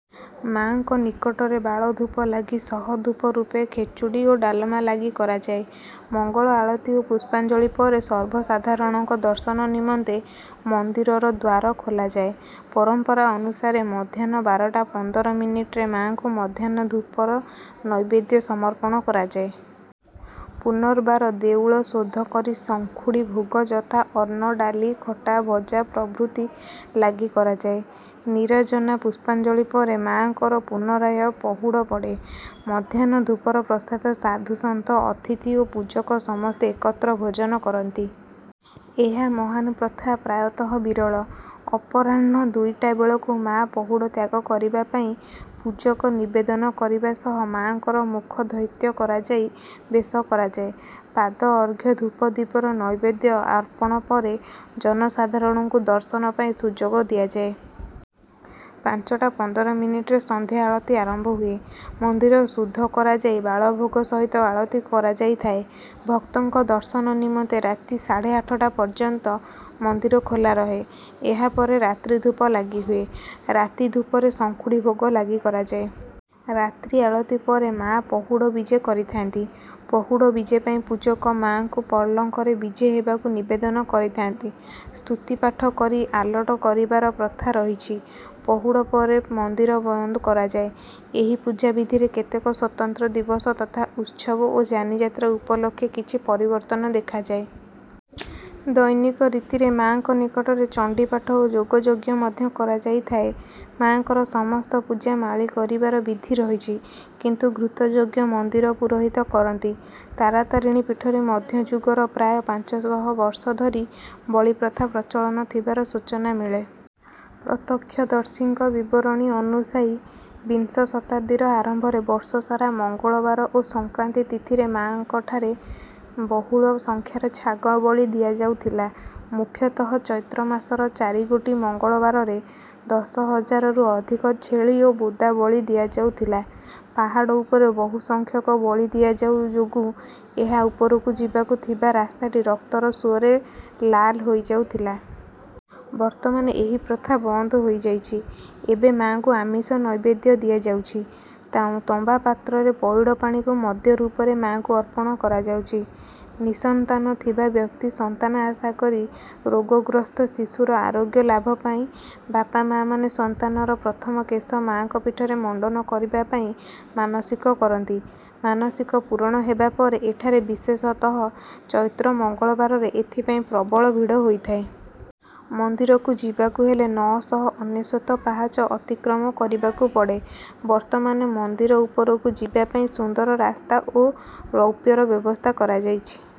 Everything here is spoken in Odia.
ମାଆଙ୍କ ନିକଟରେ ବାଳଧୂପ ଲାଗି ସହ ଧୂପ ରୂପେ ଖେଚୁଡ଼ି ଓ ଡାଲମା ଲାଗି କରାଯାଏ। ମଙ୍ଗଳ ଆଳତି ଓ ପୁଷ୍ପାଞ୍ଜଳି ପରେ ସର୍ବସାଧାରଣଙ୍କ ଦର୍ଶନ ନିମନ୍ତେ ମନ୍ଦିରର ଦ୍ୱାର ଖୋଲାଯାଏ। ପରମ୍ପରା ଅନୁସାରେ ମଧ୍ୟାହ୍ନ ବାରଟା ପନ୍ଦର ମିନିଟ୍ ରେ ମାଆଙ୍କୁ ମଧ୍ୟାହ୍ନ ଧୂପର ନୈବେଦ୍ୟ ସମର୍ପଣ କରାଯାଏ। ପୁନର୍ବାର ଦେଉଳ ଶୋଧ କରି ଶଙ୍ଖୁଡ଼ି ଭୋଗ ଯଥା ଅନ୍ନ ଡାଲି ଖଟା ଭଜା ପ୍ରଭୃତି ଲାଗି କରାଯାଏ। ନୀରାଜନା ପୁଷ୍ପାଞ୍ଜଳି ପରେ ମାଆଙ୍କର ପୁନରାୟ ପହୁଡ଼ ପଡେ। ମଧ୍ୟାହ୍ନ ଧୂପର ପ୍ରସାଦ ସାଧୁ ସନ୍ଥ ଅତିଥି ଓ ପୂଜକ ସମସ୍ତେ ଏକତ୍ର ଭୋଜନ କରନ୍ତି। ଏହା ମହାନ୍ ପ୍ରଥା ପ୍ରାୟତଃ ବିରଳ। ଅପରାହ୍ଣ ଦୁଇଟା ବେଳକୁ ମାଆ ପହୁଡ଼ ତ୍ୟାଗ କରିବା ପାଇଁ ପୂଜକ ନିବେଦନ କରିବା ସହ ମାଆଙ୍କର ମୁଖ ଧୌତ କରାଯାଇ ବେଶ କରାଯାଏ। ପାଦ ଅର୍ଘ୍ୟ ଧୂପ ଦୀପର ନୈବେଦ୍ୟ ଆର୍ପଣ ପରେ ଜନସାଧାରଣଙ୍କୁ ଦର୍ଶନ ପାଇଁ ସୁଯୋଗ ଦିଆଯାଏ। ପାଞ୍ଚଟା ପନ୍ଦର ମିନିଟ୍ ରେ ସନ୍ଧ୍ୟାଆଳତି ଆରମ୍ଭ ହୁଏ। ମନ୍ଦିର ଶୁଦ୍ଧ କରାଯାଇ ବାଳଭୋଗ ସହିତ ଆଳତି କରାଯାଇଥାଏ। ଭକ୍ତଙ୍କ ଦର୍ଶନ ନିମନ୍ତେ ରାତି ସାଢ଼େ ଆଠଟା ପର୍ଯ୍ୟନ୍ତ ମନ୍ଦିର ଖୋଲା ରହେ। ଏହାପରେ ରାତ୍ରିଧୂପ ଲାଗି ହୁଏ। ରାତି ଧୂପରେ ଶଙ୍ଖୁଡ଼ି ଭୋଗ ଲାଗି କରାଯାଏ। ରାତ୍ରି ଆଳତି ପରେ ମାଆ ପହୁଡ଼ ବିଜେ କରିଥାନ୍ତି। ପହୁଡ଼ ବିଜେ ପାଇଁ ପୂଜକ ମାଆଙ୍କୁ ପଲଙ୍କରେ ବିଜେ ହେବାକୁ ନିବେଦନ କରିଥାନ୍ତି। ସ୍ତୁତିପାଠ କରି ଆଲଟ କରିବାର ପ୍ରଥା ରହିଛି। ପହୁଡ଼ ପରେ ମନ୍ଦିର ବନ୍ଦ କରାଯାଏ। ଏହି ପୂଜାବିଧିରେ କେତେକ ସ୍ୱତନ୍ତ୍ର ଦିବସ ତଥା ଉତ୍ସବ ଓ ଯାନିଯାତ୍ରା ଉପଲକ୍ଷେ କିଛି ପରିବର୍ତ୍ତନ ଦେଖାଯାଏ। ଦୈନିକ ରୀତିରେ ମାଆଙ୍କ ନିକଟରେ ଚଣ୍ଡୀପାଠ ଓ ଯାଗଯଜ୍ଞ ମଧ୍ୟ କରାଯାଇଥାଏ। ମାଆଙ୍କର ସମସ୍ତ ପୂଜା ମାଳି କରିବାର ବିଧି ରହିଛି। କିନ୍ତୁ ଘୃତ ଯଜ୍ଞ ମନ୍ଦିର ପୁରୋହିତ କରନ୍ତି। ତାରାତାରିଣୀ ପୀଠରେ ମଧ୍ୟଯୁଗରୁ ପ୍ରାୟ ପାଞ୍ଚଶହ ବର୍ଷ ଧରି ବଳିପ୍ରଥା ପ୍ରଚଳନ ଥିବାର ସୂଚନା ମିଳେ। ପ୍ରତ୍ୟକ୍ଷଦର୍ଶୀଙ୍କ ବିବରଣୀ ଅନୁସାୟୀ ବିଂଶଶତାବ୍ଦୀର ଆରମ୍ଭରେ ବର୍ଷସାରା ମଙ୍ଗଳବାର ଓ ସଂକ୍ରାନ୍ତି ତିଥିରେ ମାଙ୍କଠାରେ ବହୁଳ ସଂଖ୍ୟାରେ ଛାଗ ବଳି ଦିଆଯାଉଥିଲା। ମୁଖ୍ୟତଃ ଚୈତ୍ରମାସର ଚାରିଗୋଟି ମଙ୍ଗଳବାରରେ ଦଶହଜାରରୁ ଅଧିକ ଛେଳି ଓ ବୋଦା ବଳି ଦିଆଯାଉଥିଲା। ପାହାଡ ଉପରେ ବହୁ ସଂଖ୍ୟକ ବଳି ଦିଆଯାଉ ଯୋଗୁଁ ଏହା ଉପରକୁ ଯିବାକୁ ଥିବା ରାସ୍ତାଟି ରକ୍ତର ସୁଅରେ ଲାଲ ହୋଇଯାଉଥିଲା। ବର୍ତ୍ତମାନ ଏହି ପ୍ରଥା ବନ୍ଦ ହୋଇଯାଇଛି। ଏବେ ମାଆଙ୍କୁ ଆମିଷ ନୈବେଦ୍ୟ ଦିଆଯାଉଛି। ତମ୍ବାପାତ୍ରରେ ପଇଡ଼ ପାଣିକୁ ମଦ୍ୟ ରୂପରେ ମାଆଙ୍କୁ ଅର୍ପଣ କରାଯାଉଛି। ନିଃସନ୍ତାନ ଥିବା ବ୍ୟକ୍ତି ସନ୍ତାନ ଆଶା କରି ଓ ରୋଗଗ୍ରସ୍ତ ଶିଶୁର ଆରୋଗ୍ୟ ଲାଭ ପାଇଁ ବାପାମାଆମାନେ ସନ୍ତାନର ପ୍ରଥମ କେଶ ମାଙ୍କ ପୀଠରେ ମଣ୍ଡନ କରିବା ପାଇଁ ମାନସିକ କରନ୍ତି ମାନସିକ ପୂରଣ ହେବାପରେ ଏଠାରେ ବିଶେଷତଃ ଚୈତ୍ର ମଙ୍ଗଳବାରରେ ଏଥିପାଇଁ ପ୍ରବଳ ଭିଡ଼ ହୋଇଥାଏ। ମନ୍ଦିରକୁ ଯିବାକୁ ହେଲେ ନଅ ଶହ ଅନେଶ୍ୱତ ପାହାଚ ଅତିକ୍ରମ କରିବାକୁ ପଡେ। ବର୍ତ୍ତମାନ ମନ୍ଦିର ଉପରକୁ ଯିବାପାଇଁ ସୁନ୍ଦର ରାସ୍ତା ଓ ରୋପ୍ୱେର ବ୍ୟବସ୍ଥା କରାଯାଇଛି।